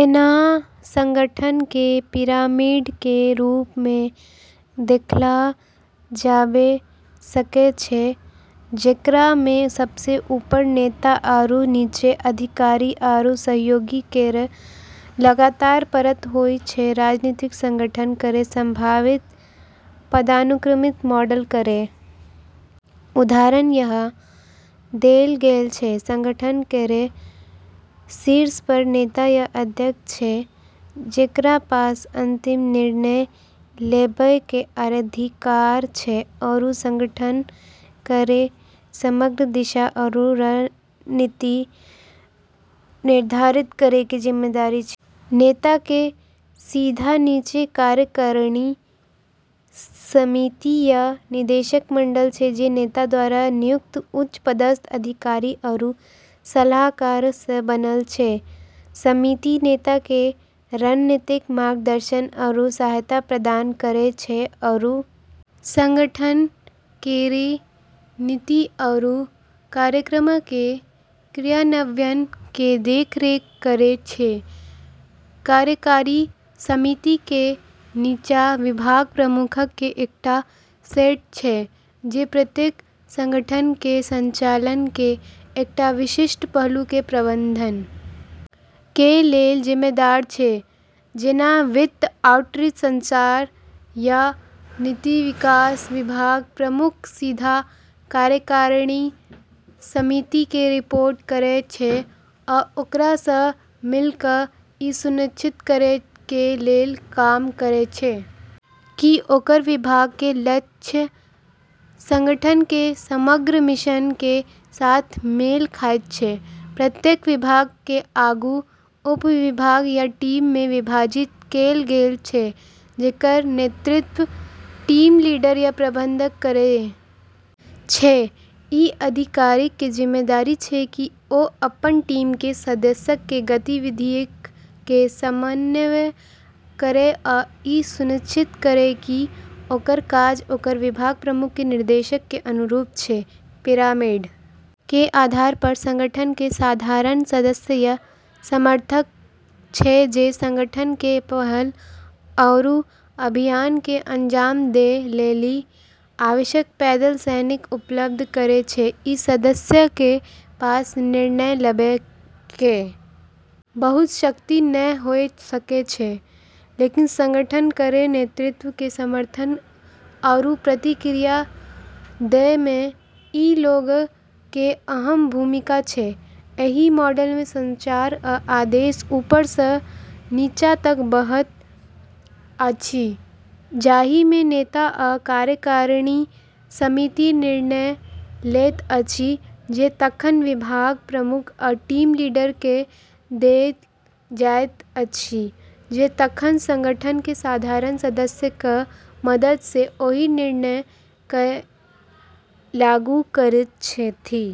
ऐन्हऽ संगठन के पिरामिड के रूप मे देखलऽ जाबे सकै छै जेकरा मे सबसें ऊपर नेता आरू नीचें अधिकारी आरू सहयोगी केरऽ लगातार परत होय छै, राजनीतिक संगठन केरऽ संभावित पदानुक्रमित मॉडल केरऽ उदाहरण यहाँ देलऽ गेलऽ छै, संगठन केरऽ शीर्ष पर नेता या अध्यक्ष छै जेकरा पास अंतिम निर्णय लेबै के अधिकार छै आरू संगठन केरऽ समग्र दिशा आरू रणनीति निर्धारित करै के जिम्मेदारी छै, नेता के सीधा नीचे कार्यकारिणी समिति या निदेशक मंडल छै जे नेता द्वारा नियुक्त उच्च पदस्थ अधिकारी आरू सलाहकारऽ स बनलऽ छै, समिति नेता के रणनीतिक मार्गदर्शन आरू सहायता प्रदान करै छै आरू संगठन केरऽ नीति आरू कार्यक्रमऽ के क्रियान्वयन के देख रेख करै छै, कार्यकारी समिति कें नीचा विभाग प्रमुखक कें एकटा सेट छै जे प्रत्येक संगठन कें संचालन कें एकटा विशिष्ट पहलू कें प्रबंधन कें लेल जिम्मेदार छै जेना वित्त, आउटरीच, संचार या नीति विकास विभाग प्रमुख सीधा कार्यकारिणी समिति कें रिपोर्ट करय छै आ ओकरा सं मिल क इ सुनिश्चित करय कें लेल काम करय छै कि ओकर विभाग कें लक्ष्य संगठन कें समग्र मिशन कें साथ मेल खायत छै, प्रत्येक विभाग कें आगू उपविभाग या टीम मे विभाजित कैल गेल छै जेकर नेतृत्व टीम लीडर या प्रबंधक करय छै, इ अधिकारीक कें जिम्मेदारी छै कि ओ अपन टीम कें सदस्यक कें गतिविधियक कें समन्वय करय आ इ सुनिश्चित करय कि ओकर काज ओकर विभाग प्रमुख कें निर्देशक कें अनुरूप छै, पिरामिड के आधार पर संगठन के साधारण सदस्य या समर्थक छै जे संगठन के पहल आरू अभियान के अंजाम दै लेली आवश्यक पैदल सैनिक उपलब्ध करै छै, ई सदस्यऽ के पास निर्णय लेबै के बहुत शक्ति नै हुए सकै छै, लेकिन संगठन केरऽ नेतृत्व के समर्थन आरू प्रतिक्रिया दै मे ई लोगऽ के अहम भूमिका छै, एहि मॉडल मे संचार आ आदेश ऊपर स नीचा तक बहैत अछि जाहि मे नेता आ कार्यकारिणी समिति निर्णय लैत अछि जे तखन विभाग प्रमुख आ टीम लीडर कए देल जाइत अछि जे तखन संगठन क साधारण सदस्य क मदद स ओहि निर्णय कए लागू करैत छथि।